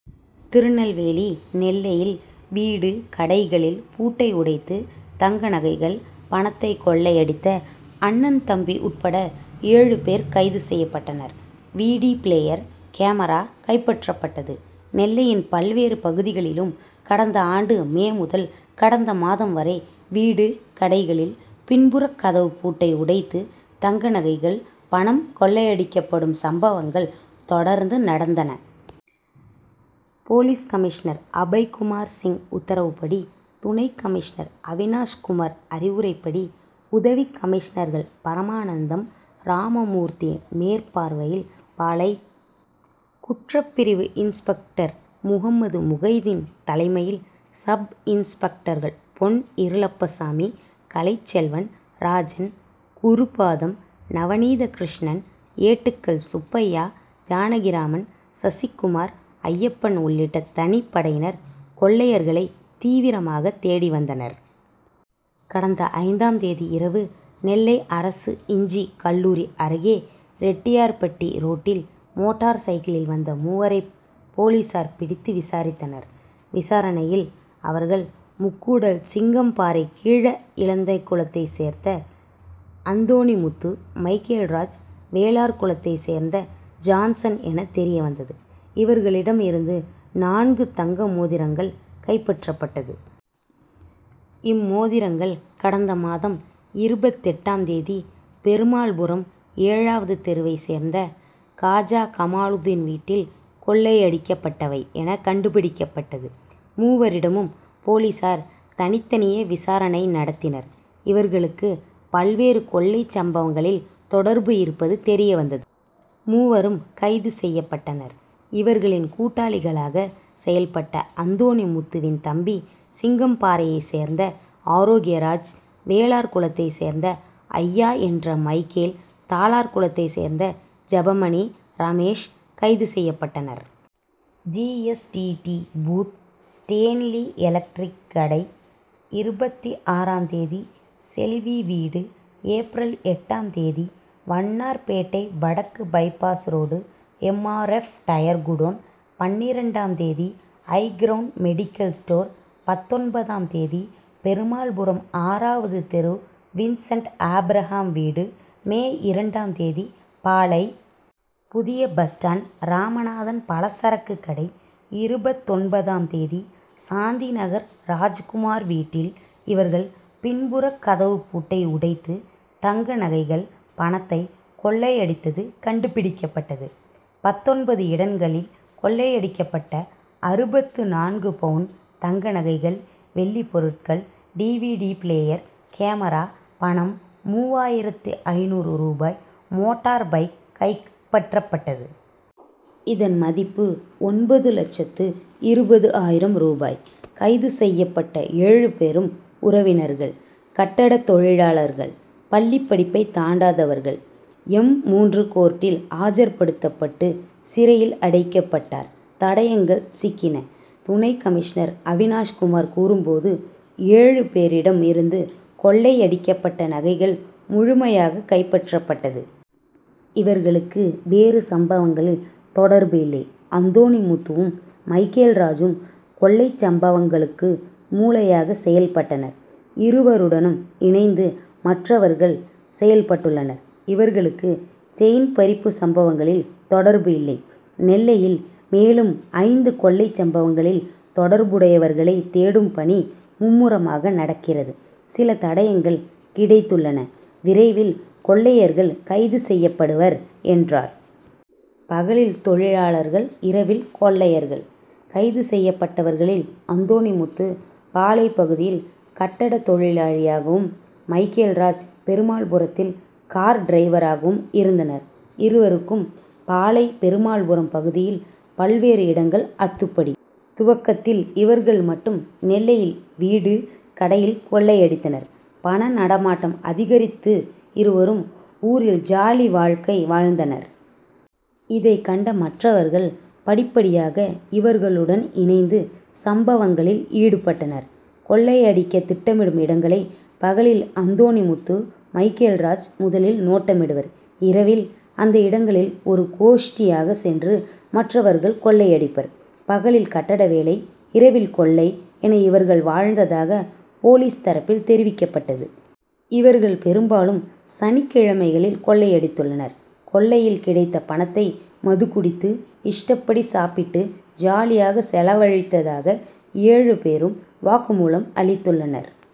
திருநெல்வேலி நெல்லையில் வீடு, கடைகளில் பூட்டை உடைத்து தங்கநகைகள், பணத்தை கொள்ளையடித்த அண்ணன், தம்பி உட்பட ஏழு பேர் கைது செய்யப்பட்டனர். வி. டி., பிளேயர், கேமரா கைப்பற்றப்பட்டது. நெல்லையின் பல்வேறு பகுதிகளிலும் கடந்த ஆண்டு மே முதல் கடந்த மாதம் வரை வீடு, கடைகளில் பின்புறக்கதவுப்பூட்டை உடைத்து தங்கநகைகள், பணம் கொள்ளையடிக்கப்படும் சம்பவங்கள் தொடர்ந்து நடந்தன. போலீஸ் கமிஷனர் அபய்குமார் சிங் உத்தரவுப்படி துணை கமிஷனர் அவினாஷ்குமார் அறிவுரைப்படி, உதவி கமிஷனர்கள் பரமானந்தம், ராமமூர்த்தி மேற்பார்வையில் பாளை. குற்றப்பிரிவு இன்ஸ்பெக்டர் முகம்மதுமுகைதீன் தலைமையில் சப்-இன்ஸ்பெக்டர்கள் பொன். இருளப்பசாமி, கலைச்செல்வன், ராஜன், குருபாதம், நவநீதகிருஷ்ணன், ஏட்டுகள் சுப்பையா, ஜானகிராமன், சசிக்குமார், ஐயப்பன் உள்ளிட்ட தனிப்படையினர் கொள்ளையர்களை தீவிரமாக தேடி வந்தனர். கடந்த ஐந்தாம் தேதி இரவு நெல்லை அரசு இன்ஜி., கல்லூரி அருகே ரெட்டியார்பட்டி ரோட்டில் மோட்டார்சைக்கிளில் வந்த மூவரை போலீசார் பிடித்து விசாரித்தனர். விசாரணையில், அவர்கள் முக்கூடல் சிங்கம்பாறை கீழ இலந்தைக்குளத்தை சேர்ந்த அந்தோணிமுத்து, மைக்கேல்ராஜ், வேளார்குளத்தை சேர்ந்த ஜான்சன் என தெரியவந்தது. இவர்களிடம் இருந்து நான்கு தங்க மோதிரங்கள் கைப்பற்றப்பட்டது. இம்மோதிரங்கள் கடந்த மாதம் இருபத்தெட்டாம் தேதி பெருமாள்புரம் ஏழாவது தெருவை சேர்ந்த காஜாகமாலுதீன் வீட்டில் கொள்ளையடிக்கப்பட்டவை என கண்டுபிடிக்கப்பட்டது. மூவரிடமும் போலீசார் தனித்தனியே விசாரணை நடத்தினர். இவர்களுக்கு பல்வேறு கொள்ளைச்சம்பவங்களில் தொடர்பு இருப்பது தெரியவந்தது. மூவரும் கைது செய்யப்பட்டனர். இவர்களின் கூட்டாளிகளாக செயல்பட்ட அந்தோணிமுத்துவின் தம்பி சிங்கம்பாறையை சேர்ந்த ஆரோக்கியராஜ், வேளார்குளத்தை சேர்ந்த அய்யா என்ற மைக்கேல், தாளார்குளத்தை சேர்ந்த ஜெபமணி, ரமேஷ் கைது செய்யப்பட்டனர். G. S. T. D., booth, Stanley electrical கடை, இருபத்தாறாம் தேதி செல்வி வீடு, ஏப்ரல் எட்டாம் தேதி வண்ணார்பேட்டை வடக்கு bypass road M. R. F., tyre godown, பன்னிரண்டாம் தேதி ஐகிரவுண்ட் மெடிக்கல் ஸ்டோர், பத்தொன்பதாம் தேதி பெருமாள்புரம் ஆறாவது தெரு வின்சென்ட் ஆபிரகாம் வீடு, மே இரண்டாம் தேதி பாளை. புதிய பஸ்ஸ்டாண்ட் ராமநாதன் பலசரக்குக்கடை, இருபத்தொன்பதாம் தேதி சாந்திநகர் ராஜ்குமார் வீட்டில் இவர்கள் பின்புறக்கதவுப்பூட்டை உடைத்து தங்கநகைகள், பணத்தை கொள்ளையடித்தது கண்டுபிடிக்கப்பட்டது. பத்தொன்பது இடங்களில் கொள்ளையடிக்கப்பட்ட அறுபத்து நான்கு பவுன் தங்கநகைகள், வெள்ளி பொருட்கள், T. V. D., player, camera, பணம் மூவாயிரத்து ஐந்நூறு ரூபாய், மோட்டார்பைக் கைப்பற்றப்பட்டது. இதன் மதிப்பு ஒன்பது லட்சத்து இருபது ஆயிரம் ரூபாய். கைது செய்யப்பட்ட ஏழு பேரும் உறவினர்கள். கட்டடத்தொழிலாளர்கள். பள்ளிப்படிப்பை தாண்டாதவர்கள். எம்.மூன்று கோர்ட்டில் ஆஜர்படுத்தப்பட்டு சிறையில் அடைக்கப்பட்டார். தடயங்கள் சிக்கின: துணை கமிஷனர் அவினாஷ்குமார் கூறும்போது, ஏழு பேரிடம் இருந்து கொள்ளையடிக்கப்பட்ட நகைகள் முழுமையாக கைப்பற்றப்பட்டது. இவர்களுக்கு வேறு சம்பவங்களில் தொடர்பு இல்லை. அந்தோணிமுத்துவும், மைக்கேல் ராஜூம் கொள்ளைச்சம்பவங்களுக்கு மூளையாக செயல்பட்டனர். இருவருடனும் இணைந்து மற்றவர்கள் செயல்பட்டுள்ளனர். இவர்களுக்கு செயின்பறிப்புச்சம்பவங்களில் தொடர்பு இல்லை. நெல்லையில் மேலும் ஐந்து கொள்ளைச்சம்பவங்களில் தொடர்புடையவர்களை தேடும் பணி மும்முரமாக நடக்கிறது. சில தடயங்கள் கிடைத்துள்ளன. விரைவில் கொள்ளையர்கள் கைது செய்யப்படுவர் என்றார். பகலில் தொழிலாளர்கள்' இரவில் கொள்ளையர்கள்': கைது செய்யப்பட்டவர்களில் அந்தோணிமுத்து பாளை. பகுதியில் கட்டடத்தொழிலாளியாகவும், மைக்கேல்ராஜ் பெருமாள்புரத்தில் கார் டிரைவராகவும் இருந்தனர். இருவருக்கும் பாளை., பெருமாள்புரம் பகுதியில் பல்வேறு இடங்கள் அத்துபடி. துவக்கத்தில் இவர்கள் மட்டும் நெல்லையில் வீடு, கடையில் கொள்ளையடித்தனர். பண நடமாட்டம்' அதிகரித்து இருவரும் ஊரில் ஜாலிவாழ்க்கை வாழ்ந்தனர். இதை கண்ட மற்றவர்கள் படிப்படியாக இவர்களுடன் இணைந்து சம்பவங்களில் ஈடுபட்டனர். கொள்ளையடிக்க திட்டமிடும் இடங்களை பகலில் அந்தோணிமுத்து, மைக்கேல்ராஜ் முதலில் நோட்டமிடுவர். இரவில் அந்த இடங்களில் ஒரு கோஷ்டியாக சென்று மற்றவர்கள் கொள்ளையடிப்பர். பகலில் கட்டட வேலை, இரவில் கொள்ளை என இவர்கள் வாழ்ந்ததாக போலீஸ் தரப்பில் தெரிவிக்கப்பட்டது. இவர்கள் பெரும்பாலும் சனிக்கிழமைகளில் கொள்ளையடித்துள்ளனர். கொள்ளையில் கிடைத்த பணத்தை மதுகுடித்து, இஷ்டப்படி சாப்பிட்டு ஜாலியாக செலவழித்ததாக ஏழு பேரும் வாக்குமூலம் அளித்துள்ளனர்.